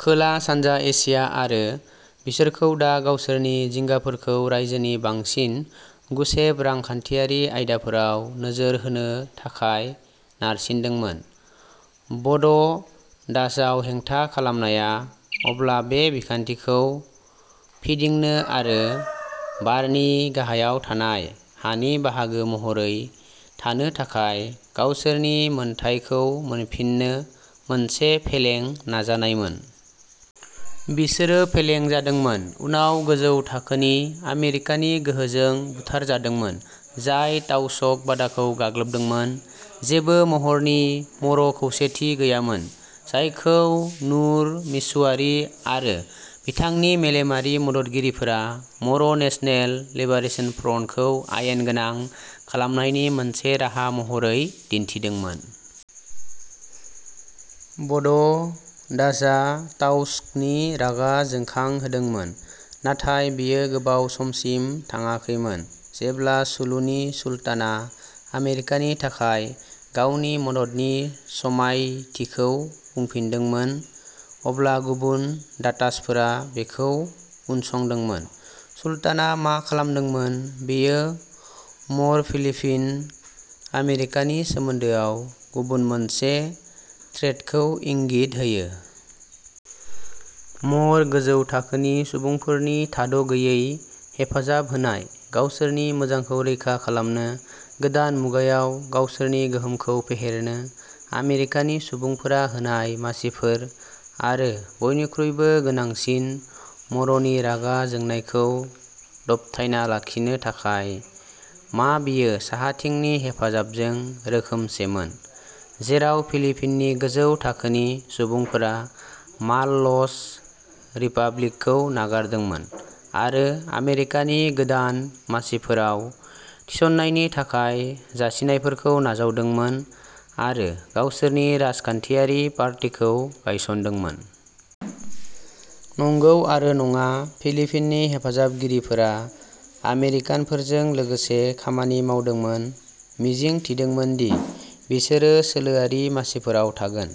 खोला-सानजा Asia आरो बिसोरखौ दा गावसोरनि जिंगाफोरखौ रायजोनि बांसिन गुसेब रांखान्थियारि आयदाफोराव नोजोर होनो थाखाय नारसिनदोंमोन। बड दाज'आव हेंथा खालामनाया अब्ला बे बिखान्थिखौ फिदिंनो आरो बारनि गाहायाव थानाय हा नि बाहागो महरै थानो थाखाय गावसोरनि मोनथायखौ मोनफिननो मोनसे फेलें नाजानायमोन। बिसोरो फेलें जादोंमोन, उनाव गोजौ थाखोनि आमेरिकानि गोहोजों बुथारजादोंमोन, जाय ताउस'ग बादाखौ गाग्लोबदोंमोन। जेबो महरनि मर' खौसेथि गैयामोन जायखौ नुर मिसुवारी आरो बिथांनि मेलेमारि मददगिरिफोरा मर' नेशनेल लिबारेशन फ्रन्टखौ आयेन गोनां खालामनायनि मोनसे राहा महरै दिन्थिदोंमोन। बड दाज'आ ताउस' गनि रागा जोंखांहोदोंमोन, नाथाय बेयो गोबाव समसिम थाङाखैमोन। जेब्ला सुलुनि सुल्तानआ आमेरिकानि थाखाय गावनि मददनि समायथिखौ बुंफिनदोंमोन, अब्ला गुबुन दातासफोरा बेखौ उनसंदोंमोन। सुल्तानआ मा खालामदोंमोन बेयो मर' फिलिपिन' आमेरिकानि सोमोन्दोआव गुबुन मोनसे थ्रेडखौ इंगित होयो। मर' गोजौ थाखोनि सुबुंफोरनि थाद' गैयै हेफाजाब होनाय, गावसोरनि मोजांखौ रैखा खालामनो, गोदान मुगायाव गावसोरनि गोहोमखौ फेहेरनो। आमेरिकानि सुबुंफोरा होनाय मासिफोर, आरो, बयनिख्रुइबो गोनांसिन, मर'नि रागा जोंनायखौ दबथायना लाखिनो थाखाय। मा बेयो साहाथिंनि हेफाजाबजों रोखोमसेमोन, जेराव फिलिपिन'नि गोजौ थाखोनि सुबुंफोरा माल' ल'स रिपाब्लिकखौ नागारदोंमोन आरो आमेरिकानि गोदान मासिफोराव थिसननायनि थाखाय जासिनायफोरखौ नाजावदोंमोन, आरो गावसोरनि राजखान्थियारि पार्टीखौ गायसनदोंमोन। नंगौ आरो नङा। फिलिपिन'नि हेफाजाबगिरिफोरा आमेरिकानफोरजों लोगोसे खामानि मावदोंमोन मिजिं थिदोंमोन दि बिसोरो सोलोआरि मासिफोराव थागोन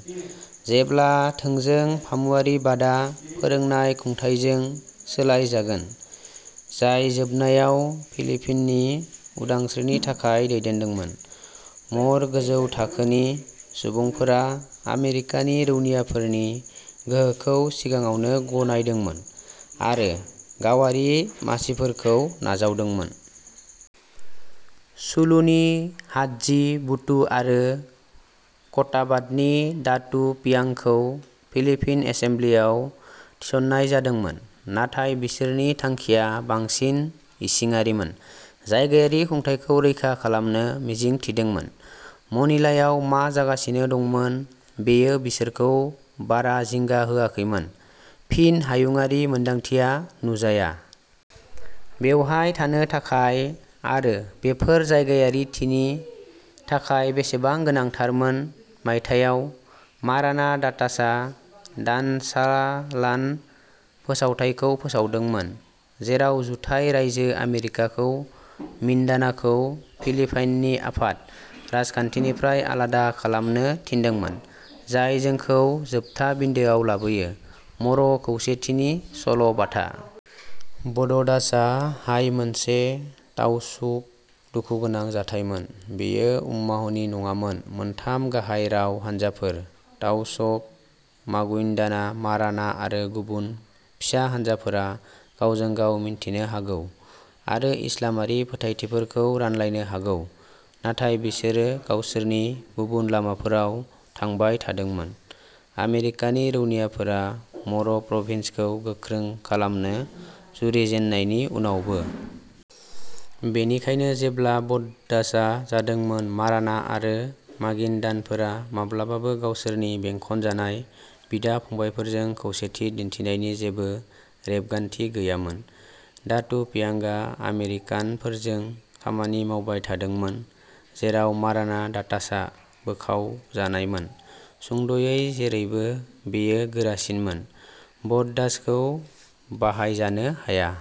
जेब्ला थोंजों फामुवारिबादआ फोरोंनाय खुंथायजों सोलायजागोन, जाय जोबनायाव फिलिपिन'नि उदांस्रिनि थाखाय दैदेनदोंमोन। मर' गोजौ थाखोनि सुबुंफोरा आमेरिकानि रौनियाफोरनि गोहोखौ सिगाङावनो गनायदोंमोन, आरो गावारि मासिफोरखौ नाजावदोंमोन। सुलुनि हादजी बुटु आरो कटाबात'नि दातू पियांगखौ फिलिपिन एसेमब्लिआव थिस'न्नाय जादोंमोन। नाथाय बिसोरनि थांखिया बांसिन इसिङारिमोन, जायगायारि खुंथायखौ रैखा खालामनो मिजिं थिदोंमोन। मनिलायाव मा जागासिनो दंमोन बेयो बिसोरखौ बारा जिंगा होआखैमोन। फिन, हायुंआरि मोन्दांथिया नुजाया। बेवहाय थानो थाखाय। आरो बेफोर जायगायारिथिनि थाखाय बेसेबां गोनांथारमोन मायथाइयाव, माराना दातासआ दानसालान फोसावथायखौ फोसावदोंमोन, जेराव जुथाइ रायजो आमेरिकाखौ मिन्दानाखौ फिलिपाइननि आफाद राजखान्थिनिफ्राय आलादा खालामनो थिनदोंमोन। जाय जोंखौ जोबथा बिन्दोआव लाबोयो। मर' खौसेथिनि सल'बाथा। बड दाज'आ हाय मोनसे ताउसुग दुखुगोनां जाथायमोन। बेयो उम्माहनि नङामोन, मोनथाम गाहाय राव हानजाफोर-ताउस'ग, मागुइन्दाना, माराना आरो गुबुन फिसा हानजाफोरा गावजों-गाव मिन्थिनो हागौ आरो इस्लामारि फोथायथिफोरखौ रानलायनो हागौ, नाथाय बिसोरो गावसोरनि गुबुन लामाफोराव थांबाय थादोंमोन, आमेरिकानि रौनियाफोरा मर'प्रभिन्सखौ गोख्रों खालामनो जुरिजेननायनि उनावबो। बेनिखायनो जेब्ला बड दाज'आ जादोंमोन माराना आरो मागिनदान'फोरा माब्लाबाबो गावसोरनि बेंखनजानाय बिदा-फंबायफोरजों खौसेथि दिन्थिनायनि जेबो रेबगान्थि गैयामोन। दातु पियांगआ आमेरिकानफोरजों खामानि मावबाय थादोंमोन, जेराव माराना दातासआ बोखावजानायमोन। सुंद'यै जेरैबो बेयो गोरासिनमोन, बड दाज'खौ बाहायजानो हाया।